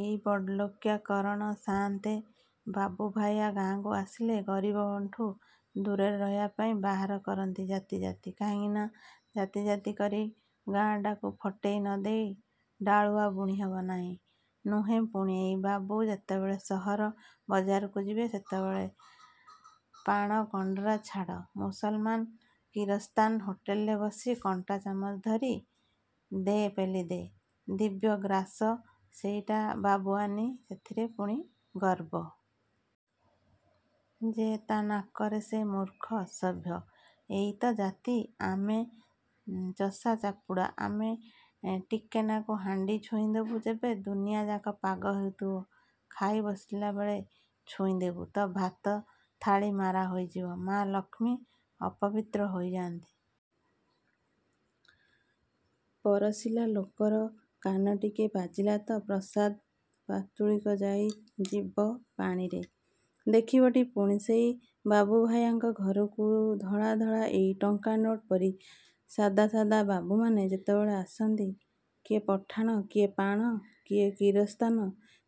ଏଇ ବଡ଼ଲୋକିଆ, କରଣ ସାଆନ୍ତେ, ବାବୁଭାୟା ଗାଁକୁ ଆସିଲେ, ଗରିବଙ୍କଠୁ ଦୂରରେ ରହିବାପାଇଁ ବାହାର କରନ୍ତି ଜାତି ଜାତି। କାହିଁକିନା, ଜାତି ଜାତି କରି ଗାଁଟାକୁ ଫଟେଇ ନଦେଲେ ଡାଳୁଅ ବୁଣିହେବ ନାହିଁ। ନୁହେଁ ପୁଣି ଏଇ ବାବୁ ଯେତେବେଳେ ସହର ବଜାରକୁ ଯିବେ ସେତେବେଳେ ପାଣକଣ୍ଡରା ଛାଡ଼, ମୁସଲମାନ କିରସ୍ତାନ ହୋଟଲରେ ବସି କଣ୍ଟା ଚାମଚ ଧରି ଦେ' ପେଲି ଦେ ଦିବ୍ୟଗ୍ରାସ ସେଇଟା ବାବୁଆନି ସେଥିରେ ପୁଣି ଗର୍ବ। ଯେ ତା' ନକରେ ସେ ମୂର୍ଖ ଅସଭ୍ୟ। ଏଇ ତ ଜାତି? ଆମେ ଚଷା ବାପୁଡ଼ା, ଆମେ ଟିକେନାକୁ ହାଣ୍ଡି ଛୁଇଁ ଦେବୁ ଯେବେ ଦୁନିଆଯାକ ପାଗ ହେଉଥିବ ଖାଇ ବସିବାବେଳେ ଛୁଇଁଦେବୁ ତ ଭାତ ଥାଳି ମାରା ହେଇଯିବ ମା ଲକ୍ଷ୍ମୀ ଅପବିତ୍ର ହେଇ ଯାଆନ୍ତି। ପରଷିଲା ଲୋକର କାନିଟିକେ ବାଜିଲା ତ ପ୍ରସାଦ ପାତୁଳିକଯାଇ ଯିବ ପାଣିରେ। ଦେଖିବଟି ପୁଣି ସେଇ ବାବୁଭାୟାଙ୍କ ଘରକୁ ଧଳା-ଧଳା ଏଇ ଟଙ୍କା ନୋଟ ପରି ସାଦା ସାଦା ବାବୁମାନେ ଯେତେବେଳେ ଆସନ୍ତି, କିଏ ପଠାଣ, କିଏ ପାଣ, କିଏ କିରସ୍ତାନ,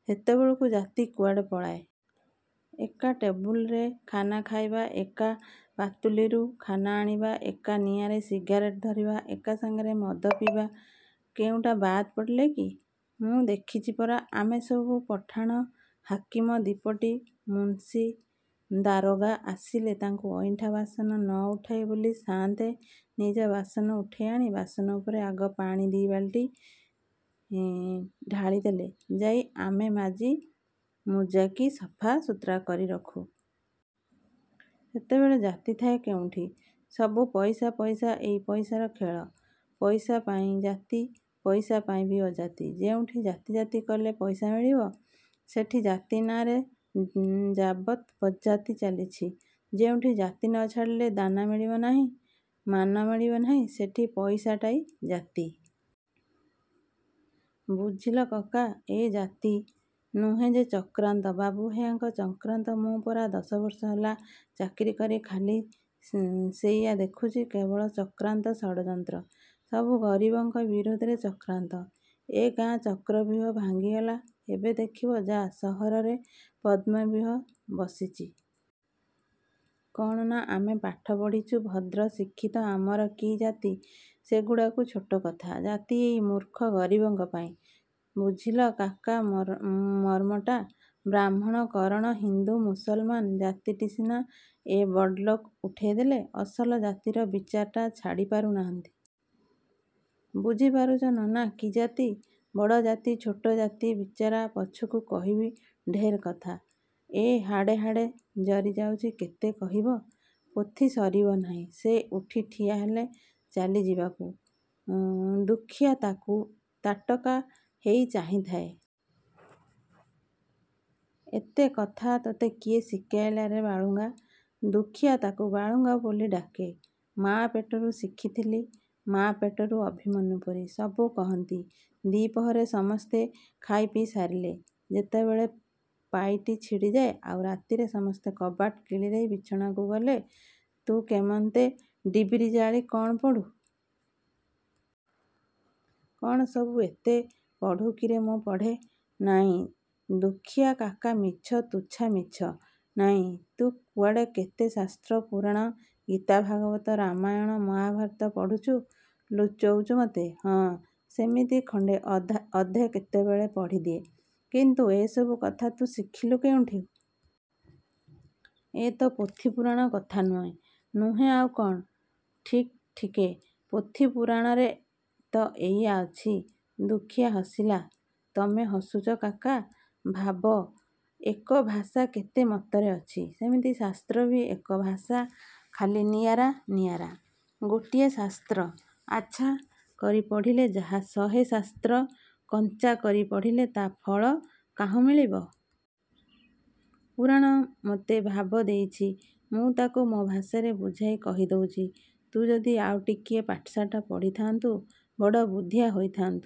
ସେତେବେଳକୁ ଜାତି କୁଆଡ଼େ ପଳାଏ। ଏକା ଟେବୁଲରେ ଖାନା ଖାଇବା, ଏକା ପାତୁଲିରୁ ଖାନା ଆଣିବା, ଏକା ନିଆଁରେ ସିଗାରେଟ ଧରିବା, ଏକା ସାଙ୍ଗରେ ମଦ ପିଇବା କେଉଁଟା ବାଦ୍ ପଡ଼େ କି? ମୁଁ ଦେଖିଛି ପରା? ଆମେ ସବୁ ପଠାଣ ହାକିମ ଦିପଟି ମୁନ୍ସି ଦାରୋଗା ଆସିଲେ ତାଙ୍କ ଅଇଁଠା ବାସନ ନ ଉଠଉ ବୋଲି ସାଆନ୍ତ ନିଜେ ବାସନ ଉଠେଇ ଆଣି ବାସନ ଉପରେ ଆଗ ପାଣି ଦି' ବାଲଟି ଢାଳିଦେଲେ ଯାଇ ଆମେ ମାଜି ମୁଜାକି ସଫା ସୁତୁରା କରି ରଖୁ। ସେତେବେଳେ ଜାତି ଥାଏ କେଉଁଠି? ସବୁ ପଇସା ପଇସା ଏଇ ପଇସାର ଖେଳ। ପଇସାପାଇଁ ଜାତି ପଇସାପାଇଁବି ଅଜାତି। ଯେଉଁଠି ଜାତି ଜାତି କଲେ ପଇସା ମିଳିବ, ସେଠି ଜାତି ନାଆଁରେ ଯାବତ୍ ବଜ୍ଜାତି ଚାଲିଛି। ଯେଉଁଠି ଜାତି ନଛାଡ଼ିଲେ ଦାନା ମିଳିବ ନାହିଁ, ମାନ ମିଳିବ ନାହିଁ ସେଠି ପଇସାଟାଇ ଜାତି। ବୁଝିଲ କକା। ଏ ଜାତି। ନୁହେଁ ଯେ ଚକ୍ରାନ୍ତ ବାବୁଭାୟାଙ୍କ ଚକ୍ରାନ୍ତ ମୁଁ ପରା ଦଶବର୍ଷ ହେଲା ଚାକିରି କରି ଖାଲି ସେଇଆ ଦେଖୁଚି। କେବଳ ଚକ୍ରାନ୍ତ ଷଡ଼ଯନ୍ତ୍ର। ସବୁ ଗରିବଙ୍କ ବିରୁଦ୍ଧରେ ଚକ୍ରାନ୍ତ। ଏ ଗାଁର ଚକ୍ରବ୍ୟୂହ ଭାଙ୍ଗିଗଲା ଏବେ ଦେଖିବ ଯା ସହରରେ ପଦ୍ମବ୍ୟୂହ ବସିଚି। କ'ଣ ନା ଆମେ ପାଠ ପଢ଼ିଛୁ ଭଦ୍ର ଶିକ୍ଷିତ ଆମର କି ଜାତି ସେଗୁଡ଼ାକ ଛୋଟ କଥା। ଜାତି ଏଇ ମୂର୍ଖ ଗରିବଙ୍କ ପାଇଁ। ବୁଝିଲ କାକା ମରମଟା? ବ୍ରାହ୍ମଣ କରଣ, ହିନ୍ଦୁ ମୁସଲମାନ ଜାତିଟା ସିନା ଏ ବଡ଼ଲୋକ ଉଠେଇଦେଲେ ଅସଲ ଜାତିର ବିଚାରଟା ଛାଡ଼ି ପାରୁ ନାହାନ୍ତି। ବୁଝି ପାରୁଚ ନନା କି ଜାତି? ବଡ଼ ଜାତି ଛୋଟ ଜାତି ବିଚାର ପଛକୁ କହିବି, ଢେର୍ କଥା। ଏ ହାଡ଼େ ହାଡ଼େ ଜରି ଯାଉଛି କେତେ କହିବ? ପୋଥି ସରିବ ନାହିଁ। ସେ ଉଠି ଠିଆହେଲା ଚାଲି ଯିବାକୁ। ଦୁଃଖୀଆ ତାକୁ ତାଟକା ହେଇ ଚାହିଁ ଥାଏ। ଏତେ କଥା ତୋତେ କିଏ ଶିକେଇଲାରେ ବାଳୁଙ୍ଗା? ଦୁଃଖୀଆ ତାକୁ ବାଳୁଙ୍ଗା ବୋଲି ଡାକେ। ମା ପେଟରୁ ଶିଖିଥିଲି ମା ପେଟରୁ ଅଭିମନ୍ୟୁ ପରି। ସବୁ କହନ୍ତି, ଦିପହରେ ସମସ୍ତେ ଖାଇପିଇ ସାରିଲେ ଯେତେବେଳେ ପାଇଟି ଛିଡ଼ିଯାଏଁ, ଆଉ ରାତିରେ ସମସ୍ତେ କବାଟ କିଳିଦେଇ ବିଛଣାକୁ ଗଲେ ତୁ କେମନ୍ତେ ଡିବିରି ଜାଳି କ'ଣ ପଢ଼ୁ। କ'ଣ ସବୁ ଏତେ ପଢ଼ୁ କିରେ ମୁଁ ପଢ଼େ? ନାଇଁ ଦୁଃଖୀଆ କାକା ମିଛ ତୁଚ୍ଛା ମିଛ। ନାଇଁ, ତୁ କୁଆଡ଼େ କେତେ ଶାସ୍ତ୍ର ପୁରାଣ, ଗୀତା ଭାଗବତ, ରାମାୟଣ ମହାଭାରତ ପଢ଼ୁଛୁ। ଲୁଚଉଚୁ ମତେ।”ହଁ ସେମିତି ଖଣ୍ଡେ ଅଧେ କେତେବେଳେ ପଢ଼ିଦିଏ। କିନ୍ତୁ ଏସବୁ କଥା ତୁ ଶିଖିଲୁ କେଉଁଠୁ? ଏ ତ ପୋଥିପୁରାଣ କଥା ନୁହେଁ।”ନୁହେଁ ଆଉ କ'ଣ। ଠିକେଠିକେ ପୋଥିପୁରାଣରେ ତ ଏଇୟା ଅଛି। ଦୁଃଖୀଆ ହସିଲା। ତମେ ହସୁଛ କାକା? ଭାବ ଏକ ଭାଷା କେତେ ମତରେ ଅଛି। ସେମିତି ଶାସ୍ତ୍ରବି ଏକ ଭାଷା ଖାଲି ନିଆରା ନିଆରା। ଗୋଟିଏ ଶାସ୍ତ୍ର ଆଚ୍ଛା କରି ପଢ଼ିଲେ ଯାହା ଶହେ ଶାସ୍ତ୍ର କଞ୍ଚା କରି ପଢ଼ିଲେ ତା' ଫଳ କାହୁଁ ମିଳିବ? ପୁରାଣ ମୋତେ ଭାବ ଦେଇଛି। ମୁଁ ତାକୁ ମୋ ଭାଷାରେ ବୁଝାଇ କହି ଦଉଚି। ତୁ ଯଦି ଆଉ ଟିକିଏ ପାଠଶାଠ ପଢ଼ିଥାନ୍ତୁ ବଡ଼ ବୁଦ୍ଧିଆ ହୋଇଥାନ୍ତୁ।